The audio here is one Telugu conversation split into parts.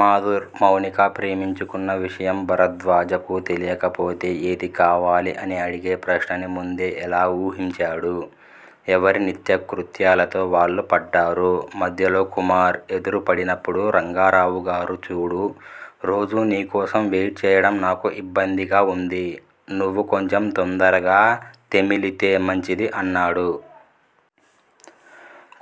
మాధుర్, మౌనిక ప్రేమించుకున్న విషయం భరద్వాజకు తెలీకపోతే ఏది కావాలి అని అడిగే ప్రశ్నని ముందే ఎలా వూహించాడు। ఎవరి నిత్యకృత్యాలతో వాళ్ళు పడ్డారు. మధ్యలో కుమార్ ఎదురుపడినప్పుడు రంగారావుగారు చూడూ! రోజూ నీకోసం వెయిట్ చేయటం నాకు ఇబ్బందిగా వుంది. నువ్వు కొంచెం తొందరగా తెమిలితే మంచిది అన్నాడు.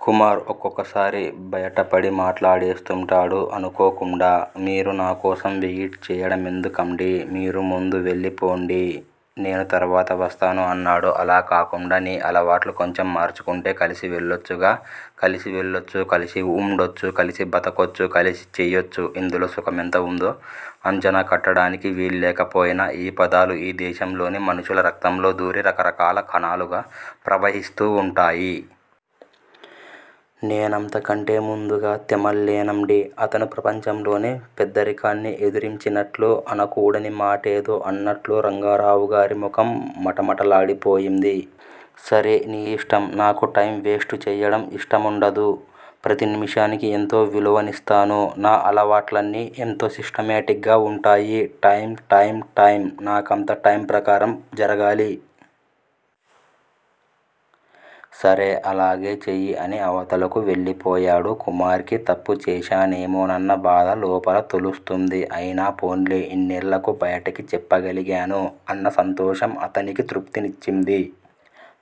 కుమార్ ఒక్కొక్కసారి బయటపడి మాట్లాడేస్తుంటాడు అనుకోకుండా. 'మీరు నాకోసం వెయిట్ చేయడమెందుకండీ? మీరు ముందు వెళ్ళిపొండి, నేను తరువాత వస్తాను' అన్నాడు. అలా కాకుండా నీ అలవాట్లు కొంచెం మార్చుకుంటే కలిసి వెళ్ళొచ్చుగా? కలిసి వెళ్ళొచ్చు, కలిసి వుండొచ్చు, కలిసి బతకొచ్చు, కలిసి చెయొచ్చు ఇందులో సుఖమెంత వుందో అంచనా కట్టటానికి వీల్లేకపోయినా ఈ పదాలు ఈ దేశంలోని మనుషుల రక్తంలో దూరి రకరకాల కణాలుగా ప్రవహిస్తూ వుంటాయి. నేనంతకంటే ముందుగా తెమల్లేనండీ. అతను ప్రపంచంలోని పెద్దరికాన్ని ఎదిరించినట్లు, అనకూడని మాటేదో అన్నట్లు రంగారావుగారి ముఖం మటమటలాడిపోయింది. సరే, నీఇష్టం. నాకు టైం వేస్టుచేయటం ఇష్టంవుండదు. ప్రతి నిముషానికీ ఎంతో విలువనిస్తాను. నా అలవాట్లన్నీ ఎంతో సిస్టమేటిక్ గా వుంటాయి. Time time time! నాకంతా టైమ్ ప్రకారం జరగాలి. సరే అలాగే చెయ్యి అని అవతలకు వెళ్ళిపోయాడు. కుమార్ కి తప్పు చేశానేమోనన్న బాధ లోపల తొలుస్తుంది. అయినా పోన్లే, ఇన్నేళ్ళకి బయటకు చెప్పగలిగాను అన్న సంతోషం అతనికి తృప్తినిచ్చింది.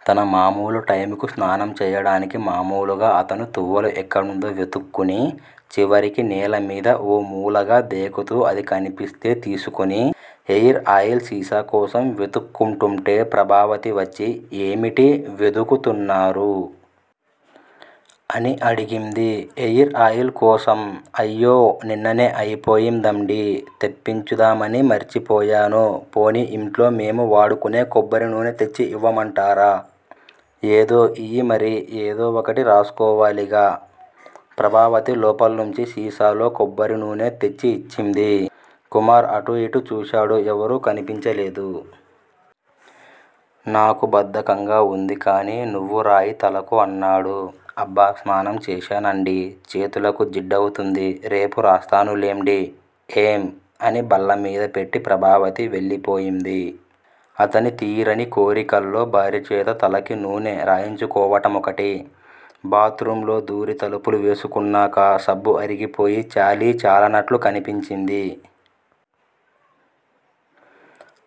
తన మామూలుటైముకి స్నానం చేయటానికి మామూలుగా అతను తువ్వాలు ఎక్కడుందో వెతుక్కుని, చివరికి నేలమీద ఓమూలగా దేకుతూ అది కనిపిస్తే తీసుకుని, హెయిర్ ఆయిల్ సీసాకోసం వెతుక్కుంటుంటే ప్రభావతి వచ్చి ఏమిటి వెదుకుతున్నారు? అని అడిగింది. హెయిర్ ఆయిల్ కోసం అయ్యో! నిన్ననే అయిపోయిందండీ. తెప్పించుదామని మరిచిపోయాను. పోనీ ఇంట్లో మేము వాడుకునే కొబ్బరినూనె తెచ్చి ఇవ్వమంటారా? ఏదో ఇయ్యి మరి. ఏదో ఒకటి రాసుకోవాలిగా! ప్రభావతి లోపల్నుంచి సీసాలో కొబ్బరినూనె తెచ్చిఇచ్చింది. కుమార్ అటూఇటూ చూశాడు. ఎవరూ కనిపించలేదు. నాకు బద్దకంగా వుందికానీ, నువ్వు రాయి తలకు అన్నాడు. అబ్బ! స్నానం చేశానండీ. చేతులకు జిడ్డవుతుంది. రేపు రాస్తానులెండి. ఏం? అని బల్లమీద పెట్టి ప్రభావతి వెళ్ళిపోయింది. అతని తీరని కోరికల్లో భార్యచేత తలకి నూనె రాయించుకోవటమొకటి. బాత్ రూం లో దూరి తలుపులు వేసుకున్నాక సబ్బు అరిగిపోయి చాలీ చాలనట్లు కనిపించింది.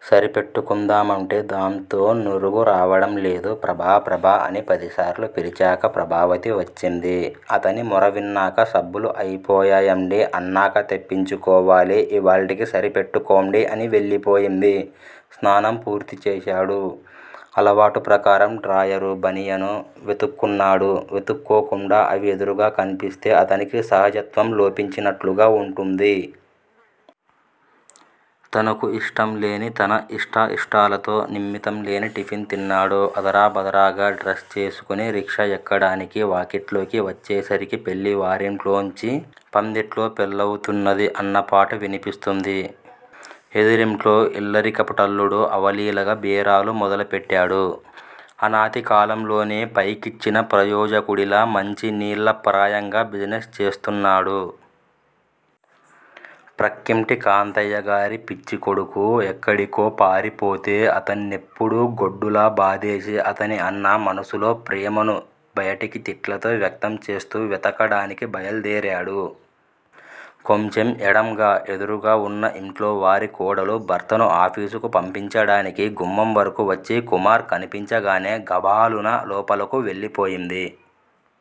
సరిపెట్టుకుందామంటే దాంతో నురుగు రావటంలేదు. ప్రభా! ప్రభా! అని పదిసార్లు పిలిచాక ప్రభావతి వచ్చింది. అతని మొరవిన్నాక సబ్బులు అయిపోయాయండీ. ఆనక తెప్పించుకోవాలి. ఇవాల్టికి సరిపెట్టుకోండి అని వెళ్ళిపోయింది. స్నానం పూర్తిచేశాడు. అలవాటు ప్రకారం డ్రాయరు, బనియను వెతుక్కున్నాడు. వెతుక్కోకుండా అవి ఎదురుగా కనిపిస్తే అతనికి సహజత్వం లోపించినట్లుగా వుంటుంది. తనకు ఇష్టంలేని, తన ఇష్టాఇష్టాలతో నిమిత్తం లేని టిఫిన్ తిన్నాడు. ఆదరాబాదరగా డ్రెస్ చేసుకుని రిక్షా ఎక్కడానికి, వాకిట్లోకి వచ్చేసరికి పెళ్ళి వారింట్లోంచి 'పందిట్లో పెళ్లవుతున్నది' అన్నపాట వినిపిస్తుంది. ఎదురింట్లో ఇల్లరికపుటల్లుడు అవలీలగా బేరాలు మొదలుపెట్టాడు. అనతికాలంలోనే పైకిచ్చిన ప్రయోజకుడిలా మంచినీళ్ళ ప్రాయంగా బిజినెస్ చేస్తున్నాడు. ప్రక్కింటి కాంతయ్యగారి పిచ్చికొడుకు ఎక్కడికో పారిపోతే అతన్నెప్పుడూ గొడ్డులా బాదేసే అతని అన్న మనసులో ప్రేమను బయటికి తిట్లతో వ్యక్తంచేస్తూ వెతకడానికి బయల్దేరాడు. కొంచెం ఎడంగా, ఎదురుగా వున్న ఇంట్లోవారి కోడలు భర్తను ఆఫీసుకు పంపించటానికి గుమ్మంవరకూ వచ్చి కుమార్ కనిపించగానే గభాలున లోపలకు వెళ్ళిపోయింది.